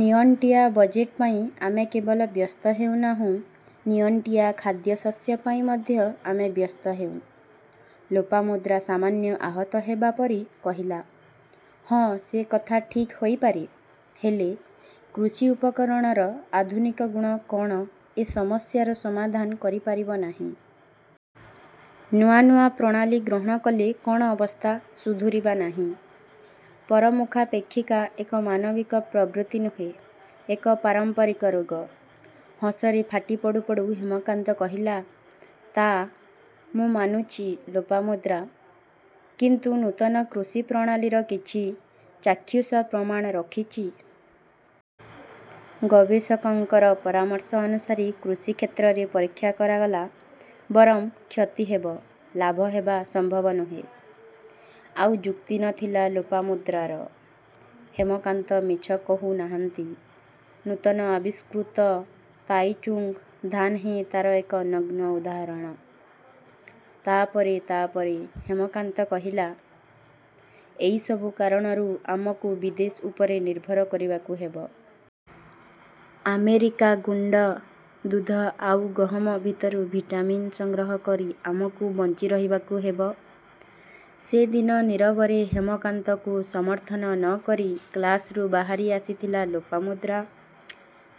ନିଅଣ୍ଟିଆ ବଜେଟ ପାଇଁ ଆମେ କେବଳ ବ୍ୟସ୍ତ ହେଉ ନାହୁଁ.. ନିଅଣ୍ଟିଆ ଖାଦ୍ୟଶସ୍ୟ ପାଇଁ ମଧ୍ୟ ଆମେ ବ୍ୟସ୍ତ ହେଉଁ। ଲୋପାମୁଦ୍ରା ସାମାନ୍ୟ ଆହତ ହେବା ପରି କହିଲା—ହଁ ସେ କଥା ଠିକ୍ ହୋଇପାରେ-। ହେଲେ କୃଷି ଉପକରଣର ଆଧୁନିକ ଗୁଣ କ'ଣ ଏ ସମସ୍ୟାର ସମାଧାନ କରିପାରିବ ନାହିଁ-? ନୂଆ ନୂଆ ପ୍ରଣାଳୀ ଗ୍ରହଣ କଲେ କ'ଣ ଅବସ୍ଥା ସୁଧୁରିବା ନାହିଁ। ପର ମୁଖାପେକ୍ଷିକା ଏକ ମାନବିକ ପ୍ରବୃତ୍ତି ନୁହେଁ... ଏକ ପାରମ୍ପରିକ ରୋଗ। ହସରେ ଫାଟି ପଡ଼ୁ ପଡ଼ୁ ହେମକାନ୍ତ କହିଥିଲା—ତା' ମୁଁ ମାନୁଛି ଲୋପାମୁଦ୍ରା। କିନ୍ତୁ ନୂତନ କୃଷି ପ୍ରଣାଳୀର କିଛି ଚାକ୍ଷୁଷ ପ୍ରମାଣ ରଖିଛି? ଗବେଷକଙ୍କର ପରାମର୍ଶ ଅନୁସାରେ କୃଷି କ୍ଷେତ୍ରରେ ପରୀକ୍ଷା କରାଗଲା ବରଂ କ୍ଷତି ହେବ—ଲାଭ ହେବା ସମ୍ଭବ ନୁହେଁ। ଆଉ ଯୁକ୍ତି ନ ଥିଲା ଲୋପାମୁଦ୍ରାର..। ହେମକାନ୍ତ ମିଛ କହୁ ନାହାନ୍ତି। ନୂତନ ଆବିଷ୍କୃତ ତାଇଚୁଙ୍ଗ୍ ଧାନ ହିଁ ତା'ର ଏକ ନଗ୍ନ ଉଦାହରଣ। ତା'ପରେ... ତା'ପରେ ହେମକାନ୍ତ କହିଲା, ଏଇ ସବୁ କାରଣରୁ ଆମକୁ ବିଦେଶ ଉପରେ ନିର୍ଭର କରିବାକୁ ହେବ। ଆମେରିକାନ୍ଗୁଣ୍ଡ ଦୁଧ ଆଉ ଗହମ ଭିତରୁ ଭିଟାମିନ୍ ସଂଗ୍ରହ କରି ଆମକୁ ବଞ୍ଚି ରହିବାକୁ ହେବ। ସେଦିନ ନୀରବରେ ହେମକାନ୍ତକୁ ସମର୍ଥନ ନ କରି କ୍ଳାସରୁ ବାହାରି ଆସିଥିଲା ଲୋପାମୁଦ୍ରା।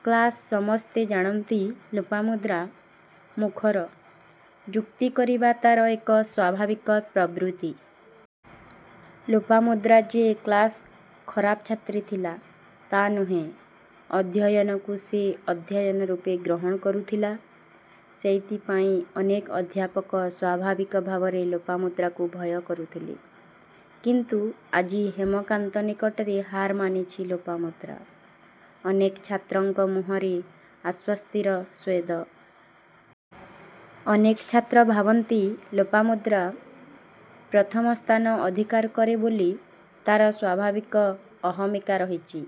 କ୍ଳାସ୍ର ସମସ୍ତେ ଜାଣନ୍ତି... ଲୋପାମୁଦ୍ରା। ମୁଖର। ଯୁକ୍ତି କରିବା ତା'ର ଏକ ସ୍ୱଭାବିକ ପ୍ରବୃତ୍ତି। ଲୋପାମୁଦ୍ରା ଯେ କ୍ଳାସ୍ର ଖରାପ ଛାତ୍ରୀ ଥିଲା, ତା' ନୁହେଁ। ଅଧ୍ୟୟନକୁ ସେ ଅଧ୍ୟୟନ ରୂପେ ଗ୍ରହଣ କରୁଥିଲା। ସେଇଥିପାଇଁ ଅନେକ ଅଧ୍ୟାପକ ସ୍ୱଭାବିକ ଭାବରେ ଲୋପାମୁଦ୍ରାକୁ ଭୟ କରୁଥିଲେ। କିନ୍ତୁ ଆଜି ହେମାକାନ୍ତ ନିକଟରେ ହାର ମାନିଛି ଲୋପାମୁଦ୍ରା। ଅନେକ ଛାତ୍ରଙ୍କ ମୁହଁରେ ଆଶ୍ୱସ୍ତିର ସ୍ୱେଦ। ଅନେକ ଛାତ୍ର ଭାବନ୍ତି.. ଲୋପାମୁଦ୍ରା। ପ୍ରଥମ ସ୍ଥାନ ଅଧିକାର କରେ ବୋଲି ତା'ର ସ୍ୱଭାବିକ୍ ଅହମିକା ରହିଛି।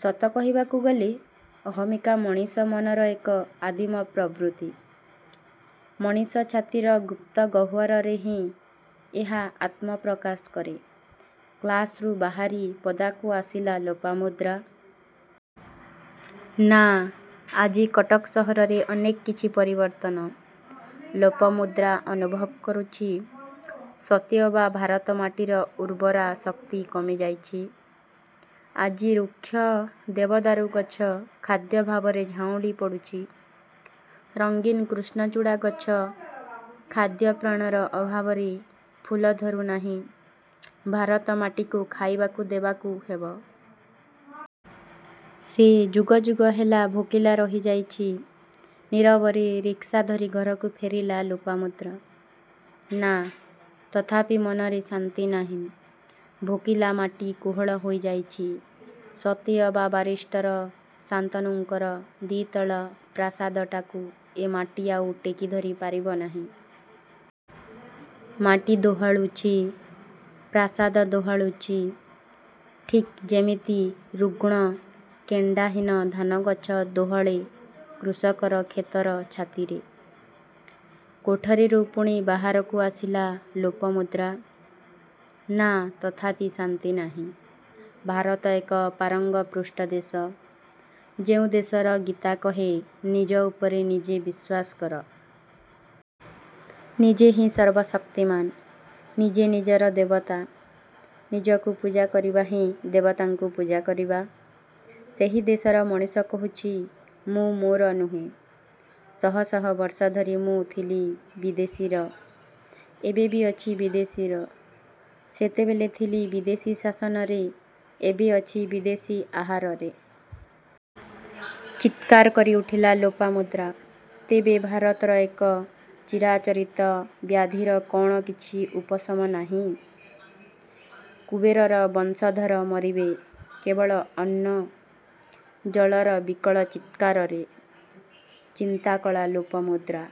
ସତ କହିବାକୁ ଗଲେ—ଅହମିକା ମଣିଷ ମନର ଏକ ଆଦିମ ପ୍ରବୃତ୍ତି। ମଣିଷ ଛାତିର ଗୁପ୍ତ ଗହ୍ୱରରେ ହିଁ ଏହା ଆତ୍ମପ୍ରକାଶ କରେ। କ୍ଳାସରୁ ବାହାରି ପଦାକୁ ଆସିଲା ଲୋପାମୁଦ୍ରା। ନାଁ... ଆଜି କଟକ ସହରରେ ଅନେକ କିଛି ପରିବର୍ତ୍ତନ। ଲୋପମୁଦ୍ରା ଅନୁଭବ କରୁଛି... ସତେ ଅବା ଭାରତ ମାଟିର ଉର୍ବରା ଶକ୍ତି କମିଯାଇଛି...। ଆଜି ରୁକ୍ଷ ଦେବଦାରୁ ଗଛ ଖାଦ୍ୟଭାବରେ ଝାଉଁଳି ପଡ଼ୁଛି। ରଙ୍ଗୀନ କୃଷ୍ଣଚୂଡ଼ା ଗଛ ଖାଦ୍ୟ ପ୍ରାଣର ଅଭାବରେ ଫୁଲ ଧରୁନାହିଁ। ଭାରତ ମାଟିକୁ ଖାଇବାକୁ ଦେବାକୁ ହେବ। ସେ ଯୁଗ ଯୁଗ ହେଲା ଭୋକିଲା ରହିଯାଇଛି। ନୀରବରେ ରିକସା ଧରି ଘରକୁ ଫେରିଲା ଲୋପାମୁଦ୍ରା। ନାଁ, ତଥାପି ମନରେ ଶାନ୍ତି ନାହିଁ। ଭୋକିଲା ମାଟି କୋହଳ ହୋଇଯାଇଛି। ସତେ ଅବା ବାରିଷ୍ଟର ଶାନ୍ତନୁଙ୍କର ଦ୍ୱିତଳ ପ୍ରାସାଦଟାକୁ ଏ ମାଟି ଆଉ ଟେକିଧରି ପାରିବ ନାହିଁ। ମାଟି ଦୋହଲୁଛି, ପ୍ରାସାଦ ଦୋହଲୁଛି। ଠିକ୍ ଯେମିତି ରୁଗଣ୍ କେଣ୍ଡାହୀନ ଧାନଗଛ ଦୋହଲେ କୃଷକର କ୍ଷେତର ଛାତିରେ। କୋଠରୀରୁ ପୁଣି ବାହାରକୁ ଆସିଲା ଲୋପମୁଦ୍ରା। ନାଁ ତଥାପି ଶାନ୍ତି ନାହିଁ। ଭାରତ ଏକ ପରାଙ୍ଗପୁଷ୍ଟ ଦେଶ। ଯେଉଁ ଦେଶର ଗୀତା କହେ ନିଜ ଉପରେ ନିଜେ ବିଶ୍ୱାସ କର। ନିଜେ ହିଁ ସର୍ବଶକ୍ତିମାନ୍। ନିଜେ ନିଜର ଦେବତା। ନିଜକୁ ପୂଜା କରିବା ହିଁ ଦେବତାଙ୍କୁ ପୂଜାକରିବା। ସେହି ଦେଶର ମଣିଷ କହୁଛି... ମୁଁ ମୋର ନୁହେଁ। ଶହ ଶହ ବର୍ଷ ଧରି ମୁଁ ଥିଲି ବିଦେଶୀର। ଏବେ ବି ଅଛି ବିଦେଶୀର। ସେତେବେଳେ ଥିଲି ବିଦେଶୀ ଶାସନରେ ଏବେ ଅଛି ବିଦେଶୀ ଆହାରରେ। ଚିତ୍କାର କରି ଉଠିଲା ଲୋପାମୁଦ୍ରା। ତେବେ ଭାରତର ଏ ଚିରାଚରିତ ବ୍ୟାଧିର କ'ଣ କିଛି ଉପଶମ ନାହିଁ? କୁବେରର ବଂଶଧର ମରିବେ କେବଳ ଅନ୍ନ, ଜଳର ବିକଳ ଚିତ୍କାରରେ? ଚିନ୍ତାକଲା ଲୋପମୁଦ୍ରା।